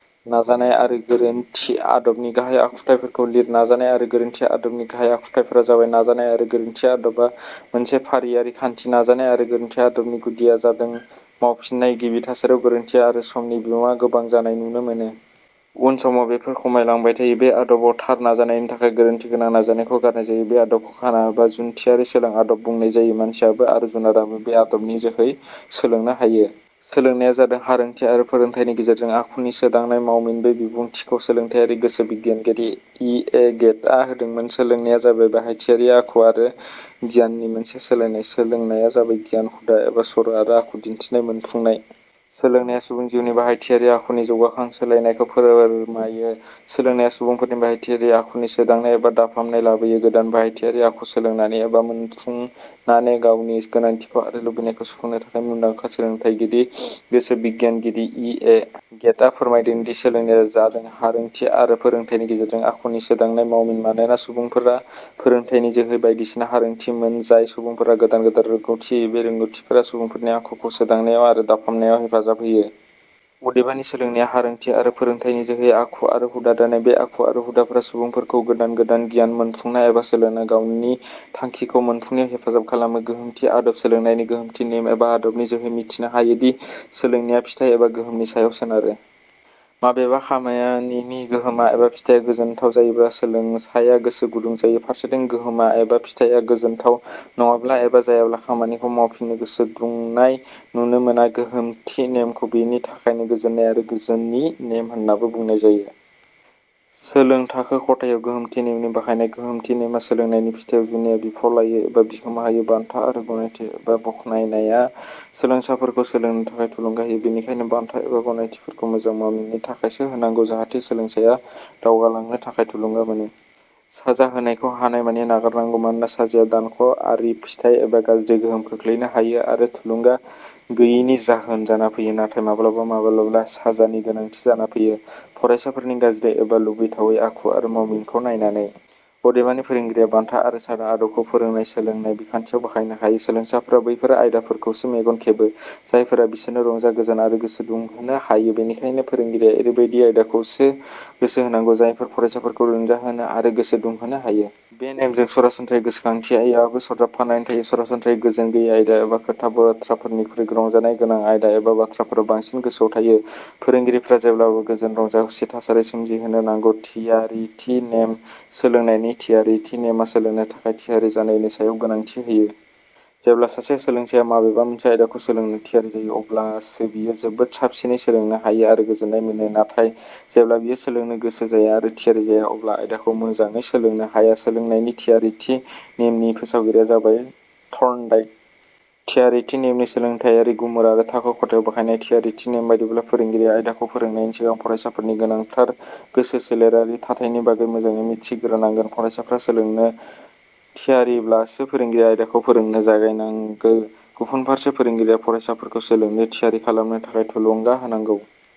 नाजानाय आरो गोरोन्थि आदबनि गाहाइ आखुथाइफोरखौ लिर।: नाजानाय आरो गोरोन्थि आदबनि गाहाइ आखुथाइफोरा जाबाय:. नाजानाय आरो गोरोन्थि आदबा मोनसे फारियारि खान्थि।. नाजानाय आरो गोरोन्थि आदबनि गुदिया जादों मावफिननाय।. गिबि थासारियाव गोरोन्थि आरो समनि बिबाङा गोबां जानाय नुनो मोनो। उन समाव बेफोर खमाय लांबाय थायो।. बे आदबाव थार नाजानायनि थाखाय गोरोन्थि गोनां नाजानायखौ गारनाय जायो।. बे आदबखौ खाना एबा जुन्थियारि सोलों आदब बुंनाय जायो।. मानसियाबो आरो जुनाराबो बे आदबनि जोहै सोलोंनो हायो।: "सोलोंनाया जादों हारोंथि आरो फोरोंथाइनि गेजेरजों आखुनि सोदांनाय मावमिन। " बे बिबुंथिखौ सोलोंथाइयारि गोसो बिगियानगिरि इ. ए. गेटस आ होदोंमोन। सोलोंनाया जाबाय बाहायथियारि आखु आरो गियाननि मोनसे सोलायनाय। सोलोंनाया जाबाय गियान, हुदा एबा सर' आरो आखु दिन्थिनाय मोनफुंनाय। सोलोंनाया सुबुं जिउनि बाहायथियारि आखुनि जौगाखां सोलायनायखौ फोरमायो। सोलोंनाया सुबुंफोरनि बाहायथियारि आखुनि सोदांनाय एबा दाफामनाय लाबोयो गोदान बाहायथियारि आखु सोलोंनानै एबा मोनफुंनाने गावनि गोनांथिखौ आरो लुबैनायखौ सुफुंनो थाखाय। मुंदांखा सोलोंथाइयारि गोसोबिगियानगिरि इ. ए. गेटस आ फोरमायदों दि, "सोलोंनाया जादों हारोंथि आरो फोरोंथाइनि गेजेरजों आखुनि सोदांनाय मावमिन"। मानोना सुबुंफोरा फोरोंथाइनि जोहै बायदिसिना हारोंथि मोनो जाय सुबुंफोरनो गोदान गोदान रोंगौथि होयो। बे रोंगौथिफोरा सुबुंफोरनि आखुखौ सोदांनायाव आरो दाफामनायाव हेफाजाब होयो। अदेबानि, सोलोंनाया हारोंथि आरो फोरोंथाइनि जोहै आखु आरो हुदा दानाय। बे आखु आरो हुदाफोरा सुबुंफोरखौ गोदान गोदान गियान मोनपुंना एबा सोलोंना गावनि थांखिखौ मोनफुंनायाव हेफाजाब खालामो।: गोहोमथि आदब: सोलोंनायनि गोहोमथि नेम एबा आदबनि जोहै मिथिनो हायोदि, सोलोंनाया फिथाइ एबा गोहोमनि सायाव सोनारो। माबेबा खामानिनि गोहोमा एबा फिथाया गोजोननाथाव जायोब्ला, सोलोंसाया गोसो गुदुं जायो। फारसेथिं गोहोमा एबा फिथाइया गोजोनथाव नङाब्ला एबा जायाब्ला खामानिखौ मावफिननो गोसो दुनाय नुनो मोना। गोहोमथि नेमखौ बेनि थाखायनो "गोजोननाय आरो गोजोनि" नेम होननाबो बुंनाय जायो। सोलों थाखो खथायाव गोहोमथि नेमनि बाहायनाय: गोहोमथि नेमआ सोलोंनायनि फिथाइयाव जुनिया बिफाव लायो एबा बिहोमा होयो। बान्था आरो गनायथि एबा बाखनायनाया सोलोंसाफोरखौ सोलोंनो थाखाय थुलुंगा होयो। बेनिखायनो बान्था एबा गनायथिफोरखौ मोजां मावमिननि थाखायसो होनांगौ जाहाथे सोलोंसाया दावगा लांनो थाखाय थुलुंगा मोनो। साजा होनायखौ हानायमानि नागार नांगौ। मानोना साजाया दानख 'आरि फिथाइ एबा गाज्रि गोहोम खोलैनो हायो आरो थुलुंगा गोयिनि जाहोन जाना फैयो। नाथाय माब्लाबा माब्लाबा साजानिबो गोनांथि जाना फैयो, फरायसाफोरनि गाज्रि एबा लुबैथावै आखु आरो मावमिनखौ नायनानै। अदेबानि, फोरोंगिरिया 'बान्था आरो साजा' आदबखौ फोरोंनाय सोलोंनाय बिखान्थियाव बाहायनो हायो। सोलोंसाफोरा बैफोर आयदाफोरखौसो मेगन खेबो, जायफोरा बिसोरनो रंजा गोजोन आरो गोसो दुंहोनो हायो। बेनिखायनो फोरोंगिरिया एरैबादि आयदाखौसो गोसो होनांगौ जायफोर फरायसाफोरखौ रंजाहोनो आरो गोसो दुंहोनो हायो। बे नेमजों सरासनम्रायै गोसोखांथि याबो सरजाबफानानै थायो। सरासनस्रायै गोजोन गोयै आयदा एबा खोथा- बाथ्राफोरनिख्रुइ रंजानाय गोनां आयदा एबा बाथ्राफोरा बांसिन गोसोआव थायो। फोरोंगिरिफोरा जेब्लाबो गोजोन-रंजाखुसि थासारि सोमजिहोनो नांगौ।: थियारिथि नेम:: सोलोंनायनि थियारिथि नेमआ सोलोंनो थाखाय थियारि जानायनि सायाव गोनांथि होयो। जेब्ला सासे सोलोंसाया माबेबा मोनसे आयदाखौ सोलोंनो थियारि जायो, अब्लासो बियो जोबोद साबसिनै सोलोंनो हायो आरो गोजोननाय मोनो। नाथाय, जेब्ला बियो सोलोंनो गोसो जाया आरो थियारि जाया अब्ला आयदाखौ मोजाङै सोलोंनो हाया। सोलोंनायनि थियारिथि नेमनि फोसावगिरिया जाबाय थर्नडाइक। थियारिथि नेमनि सोलोंथाइयारि गुमुर आरो थाखो खथायाव बाहायनाय :थियारिथि नेम बादिब्ला फोरोंगिरिया आयदाखौ फोरोंनायनि सिगां फरायसाफोरनि गोनांधार गोसो-सोलेरारि थाथाइनि बागै मोजाडै मिथिग्रोनांगोन। फरायसाफोरा सोलोंनो थियारिब्लासो फोरोंगिरिया आयदाखौ फोरोंनो जागायनांगो। गुबुनफारसे, फोरोंगिरिया फरायसाफोरखौ सोलोंनो थियारि खालामनो थाखाय थुलुंगा होनांगो।